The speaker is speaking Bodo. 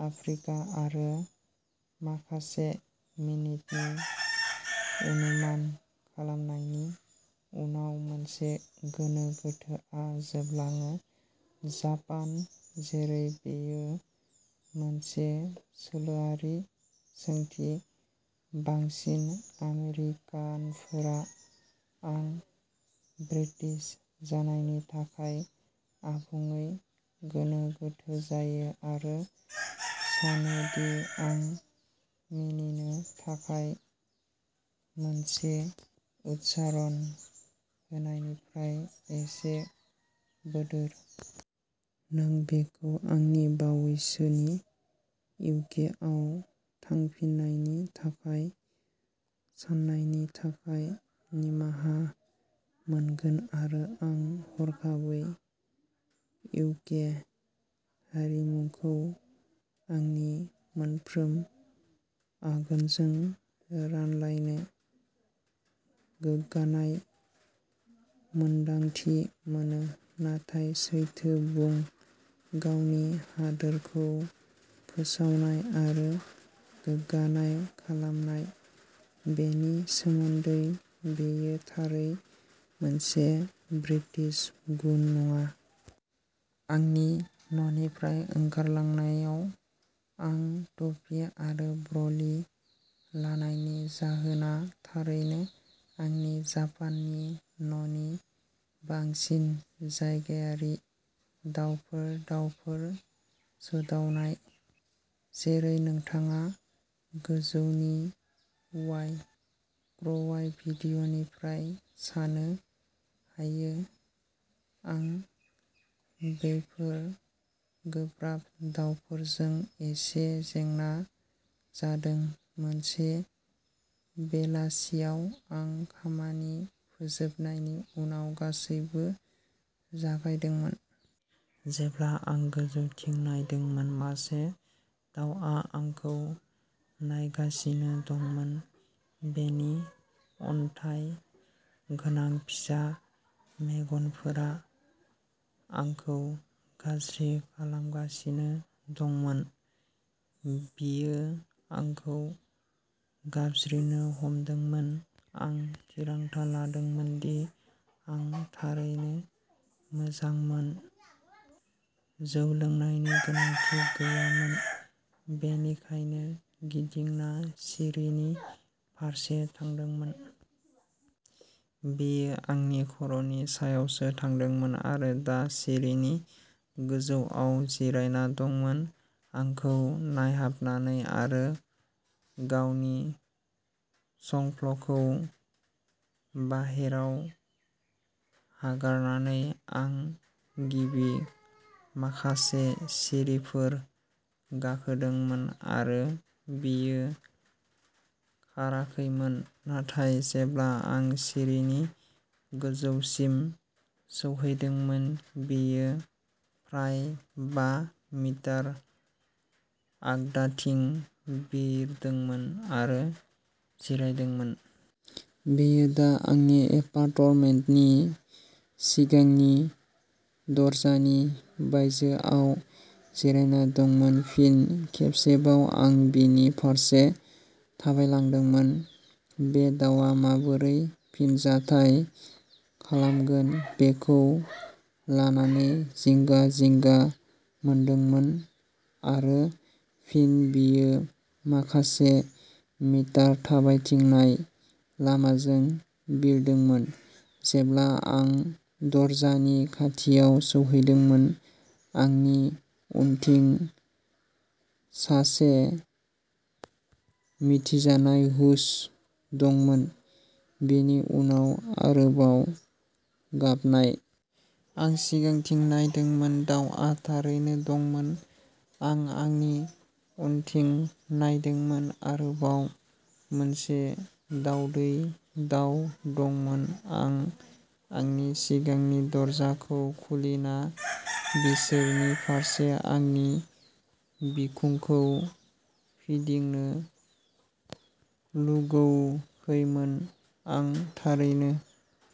आफ्रिका आरो माखासे मिनिटनि अनुमान खालामनायनि उनाव, मोनसे गोनो गोथोआव जोबलाङो जापान जेरै बेयो मोनसे सोलोआरि सोंथि। बांसिन आमेरिकानफोरा, आं ब्रिटिश जानायनि थाखाय आबुङै गोनो गोथो जायो, आरो सानो दि आं मिनिनो थाखाय मोनसे उच्चारण होनायनिफ्राय एसे बोदोर। नों बेखौ आंनि बावैसोनि इउकेआव थांफिन्नायनि थाखाय साननायनि थाखाय निमाहा मोनगोन आरो आं हरखाबै इउके हारिमुखौ आंनि मोनफ्रोम आगानजों रानलायनो गोग्गानाय मोन्दांथि मोनो। नाथाय सैथो बुं, गावनि हादोरखौ फोसावनाय आरो गोग्गानाय खालामनाय। बेनि सोमोन्दै बेयो थारै मोनसे ब्रिटिश गुन नङा। आंनि न'निफ्राय ओंखारलांनायाव आं टुपि आरो ब्र'लि लांनायनि जाहोना थारैनो आंनि जापाननि न'नि बांसिन जायगायारि। दाउफोर। दाउफोर सोदावनाय। जेरै नोंथाङा गोजौनि'वाइ क्र'वाइ'भिडिय'निफ्राय सान्नो हायो, आं बेफोर गोब्राब दावफोरजों एसे जेंना जादों। मोनसे बेलासियाव आं खामानि फोजोबनायनि उनाव गासैबो जागायदोंमोन। जेब्ला आं गोजौथिं नायदोंमोन, मासे दाउआ आंखौ नायगासिनो दंमोन; बिनि अन्थाइ गोनां फिसा मेगनफोरा आंखौ गाज्रि खालामगासिनो दंमोन। बियो आंखौ गाबज्रिनो हमदोंमोन। आं थिरांथा लादोंमोन दि आं थारैनो मोजांमोन। जौ लोंनायनि गोनांथि गैयामोन, बेनिखायनो गिदिंना सिरिनि फारसे थांदोंमोन। बियो आंनि खर'नि सायावसो थांदोंमोन आरो दा सिरिनि गोजौआव जिरायना दंमोन, आंखौ नायहाबनानै आरो गावनि संफ्लखौ बाहेरायाव हगारनानै। आं गिबि माखासे सिरिफोर गाखोदोंमोन आरो बियो खाराखैमोन, नाथाय जेब्ला आं सिरिनि गोजौसिम सौहैदोंमोन, बियो फ्राय बा मिटार आगदाथिं बिरदोंमोन आरो जिरायदोंमोन। बियो दा आंनि एपार्टमेन्टनि सिगांनि दरजानि बायजोआव जिरायना दंमोन। फिन खेबसेबाव आं बिनि फारसे थाबायलांदोंमोन, बे दाउआ माबोरै फिनजाथाय खालामगोन बेखौ लानानै जिंगा-जिंगा मोनदोंमोन आरो फिन बियो माखासे मिटार थाबायथिंनाय लामाजों बिरदोंमोन। जेब्ला आं दरजानि खाथियाव सौहैदोंमोन, आंनि उनथिं सासे मिथिजानाय हुश दंमोन, बिनि उनाव आरोबाव गाबनाय। आं सिगांथिं नायदोंमोन, दाउआ थारैनो दंमोन। आं आंनि उनथिं नायदोंमोन आरोबाव मोनसे दावदै दाउ दंमोन आं आंनि सिगांनि दरजाखौ खुलिना बिसोरनि फारसे आंनि बिखुंखौ फिदिंनो लुगैयाखैमोन आं थारैनो।